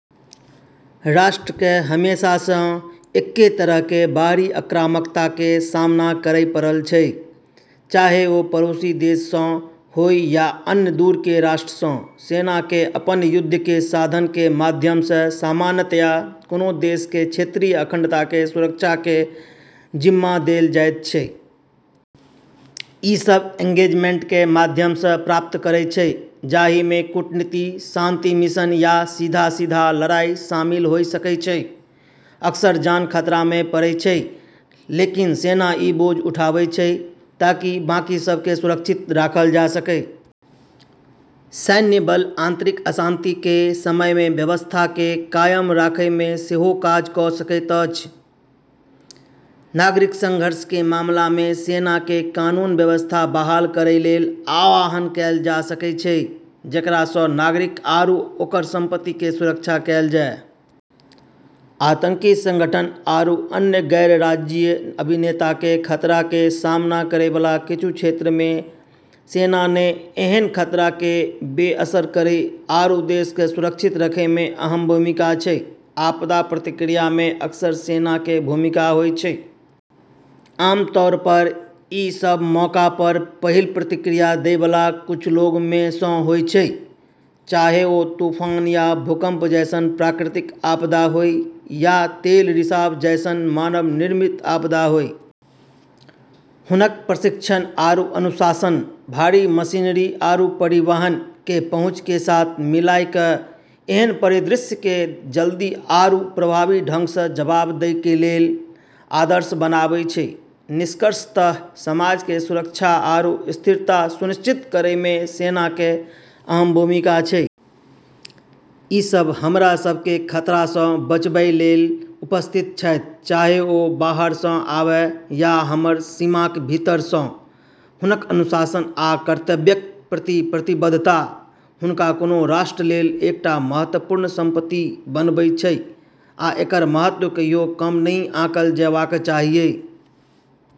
राष्ट्र के हमेशासँ एके तरह के बाहरी आक्रामकता के सामना करय पड़ल छै, चाहे ओ पड़ोसी देश सँ होय या अन्य दूर के राष्ट्र सँ। सेना के अपन युद्ध के साधन के माध्यम सँ सामान्यतया कोनो देश के क्षेत्रीय अखंडता के सुरक्षा के जिम्मा देल जाइत छै। ई सब एंगेजमेंट के माध्यम सँ प्राप्त करै छै जहि में कूटनीति, शांति मिशन या सीधा-सीधा लड़ाई शामिल होय सकै छै। अक्सर जान खतरा में पड़ै छै, लेकिन सेना ई बोझ उठाबै छै ताकि बाकी सब के सुरक्षित राखल जा सकै। सैन्य बल आंतरिक अशांति के समय में व्यवस्था के कायम राखय में सेहो काज क' सकैत अछि। नागरिक संघर्ष के मामला में सेना के कानून-व्यवस्था बहाल करै लेल आह्वान कएल जा सकै छै, जेकरा सँ नागरिक आरू ओकर संपत्ति के सुरक्षा कएल जाय। आतंकी संगठन आरू अन्य गैर-राज्यीय अभिनेता के खतरा के सामना करै वाला किछु क्षेत्र में सेना ने एहन खतरा के बेअसर करै आरू देश क सुरक्षित रखै में अहम भूमिका छै। आपदा प्रतिक्रिया में अक्सर सेना के भूमिका होय छै। आमतौर पर ई सब मौका पर पहिल प्रतिक्रिया दै वाला कुछ लोग में सँ होय छै, चाहे ओ तूफान या भूकंप जैसन प्राकृतिक आपदा होय, या तेल रिसाव जैसन मानव निर्मित आपदा होय। हुनक प्रशिक्षण आरू अनुशासन, भारी मशीनरी आरू परिवहन के पहुँच के साथ मिलाय कऽ एहन परिदृश्य के जल्दी आरू प्रभावी ढंग सँ जवाब दै के लेल आदर्श बनाबै छै। निष्कर्षतः समाज के सुरक्षा आरू स्थिरता सुनिश्चित करै में सेना के अहम भूमिका छै। ई सब हमरा सब के खतरा सँ बचबय लेल उपस्थित छथि, चाहे ओ बाहर सँ आबय या हमर सीमाक भीतर सँ। हुनक अनुशासन आ कर्तव्यक प्रति प्रतिबद्धता हुनका कोनो राष्ट्र लेल एकटा महत्वपूर्ण संपत्ति बनबै छै, आ एकर महत्व कहियो कम नहि आँकल जयबाक चाहियै।